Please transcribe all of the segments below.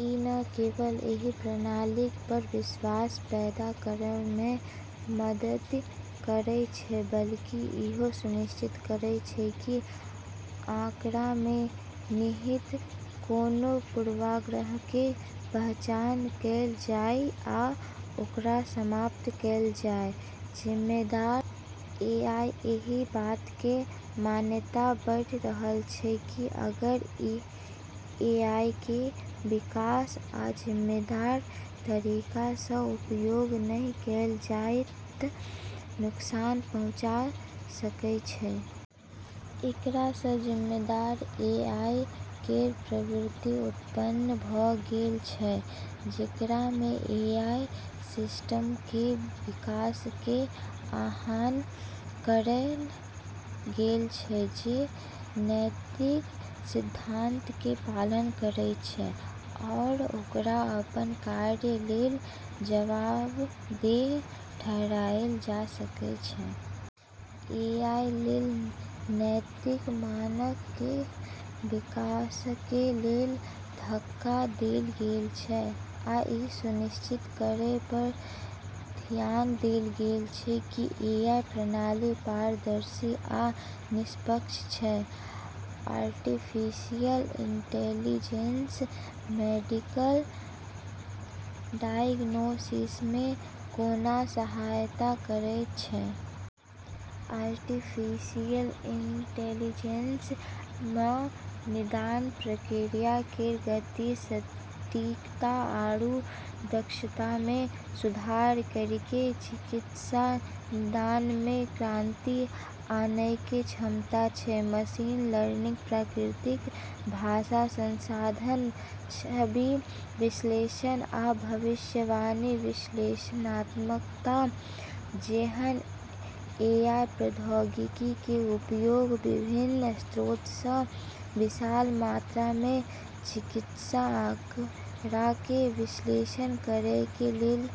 ई न केवल एहि प्रणालीक पर विश्वास पैदा करैमे मदति करै छै बल्कि इहो सुनिश्चित करै छै कि आंकड़ामे निहित कोनों पूर्वाग्रहके पहचान कैल जाइ आ ओकरा समाप्त कैल जाय । जिम्मेदार एआई: एहि बातके मान्यता बढ़ि रहल छै कि अगर एआईके विकास आ जिम्मेदार तरीकासँ उपयोग नहि कैल जाइ त' नुकसान पहुंचा सकै छै । एकरासँ "जिम्मेदार एआई" केर प्रवृत्ति उत्पन्न भ' गेल छै जेकरामे एआई सिस्टमके विकासके आह्वान करल गेल छै जे नैतिक सिद्धांतके पालन करै छै आओर ओकरा अपन कार्य लेल जवाबदेह ठहराइल जा सकै छै। एआईके लेल नैतिक मानकके विकासके लेल धक्का देल गेल छै, आ ई सुनिश्चित करै पर धियान देल गेल छै कि एआई प्रणाली पारदर्शी आ निष्पक्ष छै । आर्टिफिशियल इंटेलिजेंस मेडिकल डायग्नोसिसमे कोना सहायता करैत छै? आर्टिफिशियल इंटेलिजेंस (एआई) म' निदान प्रक्रिया केरऽ गति, सटीकता आरू दक्षतामे सुधार करिके चिकित्सा निदानमे क्रांति आनैके क्षमता छै। मशीन लर्निंग, प्राकृतिक भाषा संसाधन, छवि विश्लेषण, आ भविष्यवाणी विश्लेषणात्मकता जेहन एआई प्रौद्योगिकीके उपयोग विभिन्न स्रोतसँ विशाल मात्रामे चिकित्सा आंकड़ाके विश्लेषण करैके लेल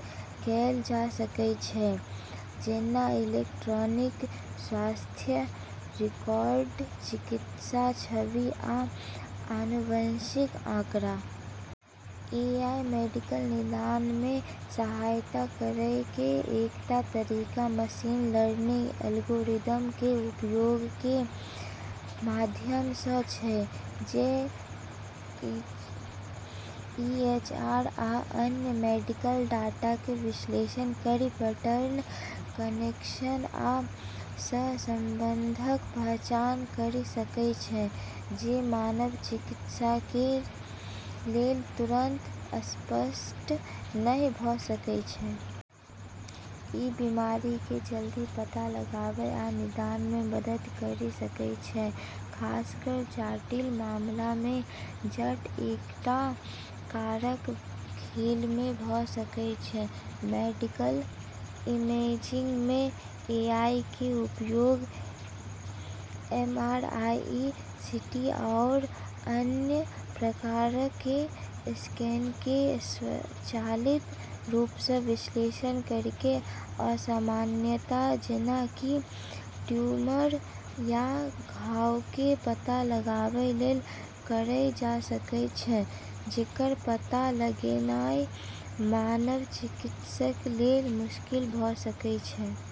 कैल जा सकै छै, जेना इलेक्ट्रॉनिक स्वास्थ्य रिकॉर्ड (ईएचआर), चिकित्सा छवि, आ आनुवंशिक आंकड़ा । एआई मेडिकल निदानमे सहायता करैके एकटा तरीका मशीन लर्निंग एल्गोरिदमके उपयोगके माध्यमसँ छै जे ईएचआर आ अन्य मेडिकल डाटाके विश्लेषण करि पैटर्न, कनेक्शन आ सहसंबंधक पहचान करि सकै छै जे मानव चिकित्सकके लेल तुरंत स्पष्ट नहि भ' सकै छै । ई बीमारिके जल्दी पता लगाबै आ निदानमे मदति करि सकै छै, खासकर जटिल मामलामे जतऽ कएटा कारक खेलमे भ' सकै छै । मेडिकल इमेजिंगमे एआईके उपयोग एमआरआई, सीटी आओर अन्य प्रकारके स्कैनके स्वचालित रूपसँ विश्लेषण करिके असामान्यता, जेना कि ट्यूमर या घावके पता लगाबै लेल करल जा सकै छै, जेकर पता लगेनाइ मानव चिकित्सक लेल मुश्किल भ' सकै छै।